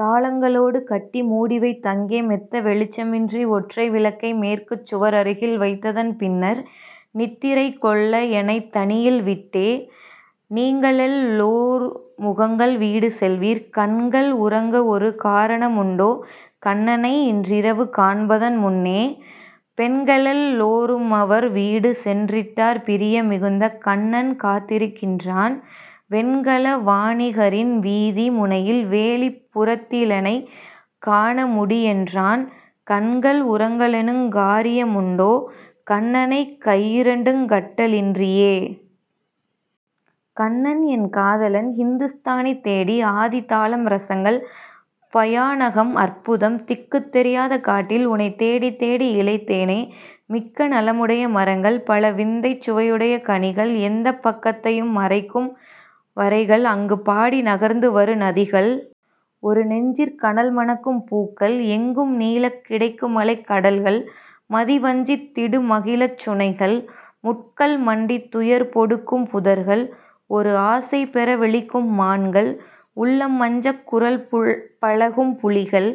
தாளங்க ளோடுகட்டி மூடிவைத் தங்கே, மெத்த வெளிச்சமின்றி ஒற்றை விளக்கை மேற்குச் சுவரருகில் வைத்ததன் பின்னர் நித்திரை கொள்ளஎனைத் தனியில் விட்டே. நீங்களெல் லோருமுங்கள் வீடு செல்வீர். கண்கள் உறங்கவொரு காரண முண்டோ, கண்ணனை இன்றிரவு காண்பதன் முன்னே? பெண்களெல் லோருமவர் வீடு சென்றிட்டார் பிரிய மிகுந்த கண்ணன் காத்திருக்கின்றான்; வெண்கல வாணிகரின் வீதி முனையில் வேலிப் புறத்திலெனைக் காணமுடி யென்றான்; கண்கள் உறங்கலெனுங் காரிய முண்டோ, கண்ணனைக் கையிரண்டுங் கட்ட லின்றியே?. கண்ணன் என் காதலன் ஹிந்துஸ்தானி தோடி ஆதி தாளம் ரசங்கள்: பயாநகம், அற்புதம். திக்குத் தெரியாத காட்டில் உனைத் தேடித் தேடி இளைத்தேனே. மிக்க நலமுடைய மரங்கள், பல விந்தைச் சுவையுடைய கனிகள், எந்தப் பக்கத்தையும் மறைக்கும் வரைகள், அங்கு பாடி நகர்ந்து வரு நதிகள், ஒரு நெஞ்சிற் கனல்மணக்கும் பூக்கள், எங்கும் நீளக் கிடக்குமலைக் கடல்கள் மதி வஞ்சித் திடுமகழிச் சுனைகள், முட்கள் மண்டித் துயர்பொடுக்கும் புதர்கள், ஒரு ஆசை பெறவிழிக்கும் மான்கள், உள்ளம் அஞ்சக் குரல்பழகும் புலிகள்,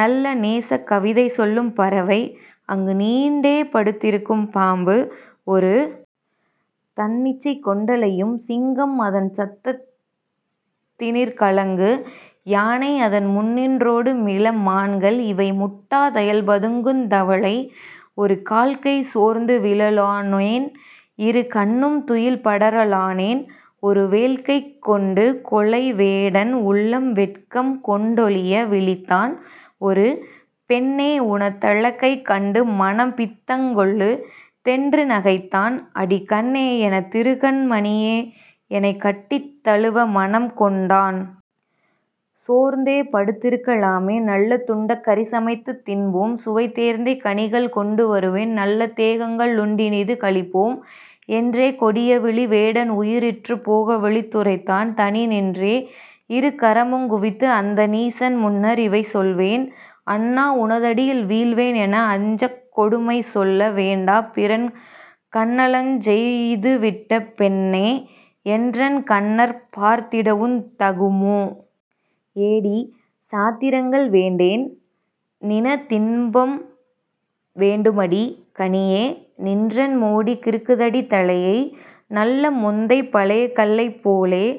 நல்ல நேசக் கவிதைசொல்லும் பறவை, அங்கு நீண்டே படுத்திருக்கும் பாம்பு, ஒரு தன்னிச்சை கொண்டலையும் சிங்கம் அதன் சத்தத் தினிற்கலங்கு யானை அதன் முன்னின் றோடுமிள மான்கள் இவை முட்டா தயல்பதுங்குந் தவளை ஒரு கால்கை சோர்ந்துவிழ லானேன் இரு கண்ணும் துயில்படர லானேன் ஒரு வேல்கைக் கொண்டுகொலைவேடன் உள்ளம் வெட்கம் கொண்டொழிய விழித்தான் ஒரு ''பெண்ணே உனதழகைக் கண்டு மனம் பித்தங்கொள்ளு'' தென்று நகைத்தான் ''அடி கண்ணே, எனதிருகண் மணியே எனைக் கட்டித் தழுவமனம் கொண்டேன். சோர்ந்தே படுத்திருக்க லாமோ? நல்ல துண்டக் கறிசமைத்துத் தின்போம் சுவை தேர்ந்தே கனிகள் கொண்டு வருவேன் நல்ல தேங்கள் ளுண்டினிது களிப்போம். '' என்றே கொடியவிழி வேடன் உயிர் இற்றுப் போகவிழித் துரைத்தான் தனி நின்றே இருகரமுங் குவித்து அந்த நீசன் முன்னர் இவை சொல்வேன்: ''அண்ணா உனதடியில் வீழ்வேன் எனை அஞ்சக் கொடுமைசொல்ல வேண்டா பிறன் கண்ணலஞ் செய்துவிட்ட பெண்ணே என்றன் கண்ணற் பார்த்திடவுந் தகுமோ? '' ''ஏடி, சாத்திரங்கள் வேண்டேன்: நின தின்பம் வேண்டுமடி, கனியே, நின்றன் மோடி கிறுக்குதடி தலையை, நல்ல மொந்தைப் பழையகள்ளைப் போலே''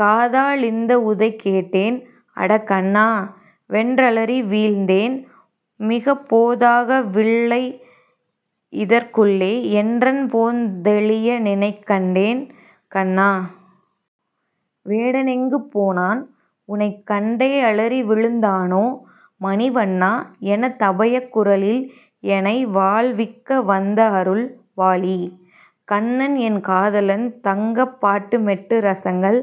காதா லிந்தவுதை கேட்டேன் 'அட கண்ணா! ' வென்றலறி வீழ்ந்தேன் மிகப் போதாக வில்லையிதற் குள்ளே என்றன் போதந் தெளியநினைக் கண்டேன். கண்ணா! வேடனெங்கு போனான்? உனைக் கண்டே யலறிவிழுந் தானோ? மணி வண்ணா! என தபயக் குரலில் -எனை வாழ்விக்க வந்தஅருள் வாழி!. கண்ணன் என் காதலன் தங்கப்பாட்டு மெட்டு ரசங்கள்: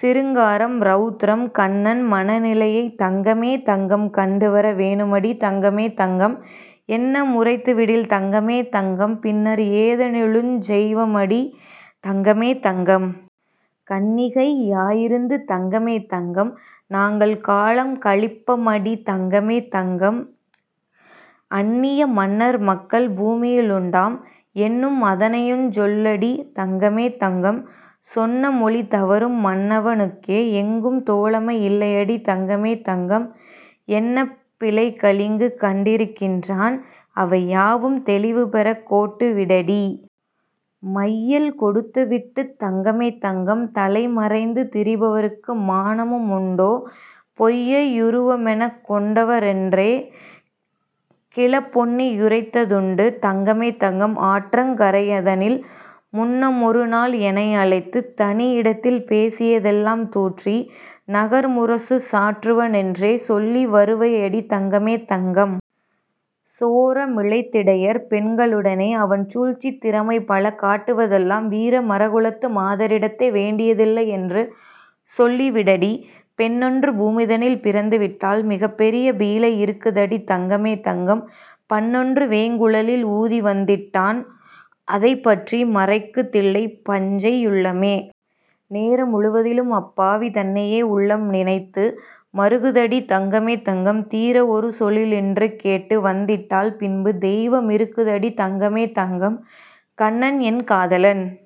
சிருங்காரம், ரௌத்ரம். கண்ணன் மனநிலையைத் தங்கமே தங்கம் கண்டுவர வேணுமடி தங்கமே தங்கம்; எண்ண முரைத்துவிடில் தங்கமே தங்கம் பின்னர் ஏதெனிலுஞ் செய்வமடி தங்கமே தங்கம்.. கன்னிகை யாயிருந்து தங்கமே தங்கம் நாங்கள் காலங் கழிப்பமடி தங்கமே தங்கம்; அன்னிய மன்னர் மக்கள் பூமியிலுண்டாம் என்னும் அதனையுஞ் சொல்லிடடி தங்கமே தங்கம்.. சொன்ன மொழிதவறும் மன்னவ னுக்கே எங்கும் தோழமை யில்லையடி தங்கமே தங்கம்; என்ன பிழைகளிங்கு கண்டிருக்கின்றான்? அவை யாவும் தெளிவுபெறக் கோட்டு விடடீ!. மையல் கொடுத்துவிட்டுத் தங்கமே தங்கம் தலை மறைந்து திரிபவர்க்கு மானமு முண்டோ? பொய்யை யுருவமெனக் கொண்டவ னென்றே கிழப் பொன்னி யுரைத்ததுண்டு தங்கமே தங்கம். ஆற்றங் கரையதனில் முன்னமொருநாள் எனை அழைத்துத் தனியிடத்தில் பேசிய தெல்லாம் தூற்றி நகர்முரசு சாற்றுவ னென்றே சொல்லி வருவையடி தங்கமே தங்கம். சோர மிழைத்திடையர் பெண்களுடனே அவன் சூழ்ச்சித் திறமை பல காட்டுவ தெல்லாம் வீர மறக்குலத்து மாதரிடத்தே வேண்டிய தில்லையென்று சொல்லி விடடீ! பெண்ணென்று பூமிதனில் பிறந்துவிட்டால் மிகப் பீழை யிருக்குதடி தங்கமே தங்கம்; பண்ணொன்று வேய்ங்குழலில் ஊதி வந்திட்டான் அதைப் பற்றி மறக்கு தில்லை பஞ்சை யுள்ளமே. நேர முழுவதிலுமப் பாவி தன்னையே உள்ளம் நினைத்து மறுகுதடி தங்கமே தங்கம், தீர ஒருசொலின்று கேட்டு வந்திட்டால் பின்பு தெய்வ மிருக்குதடி தங்கமே தங்கம்!. கண்ணன் என் காதலன்।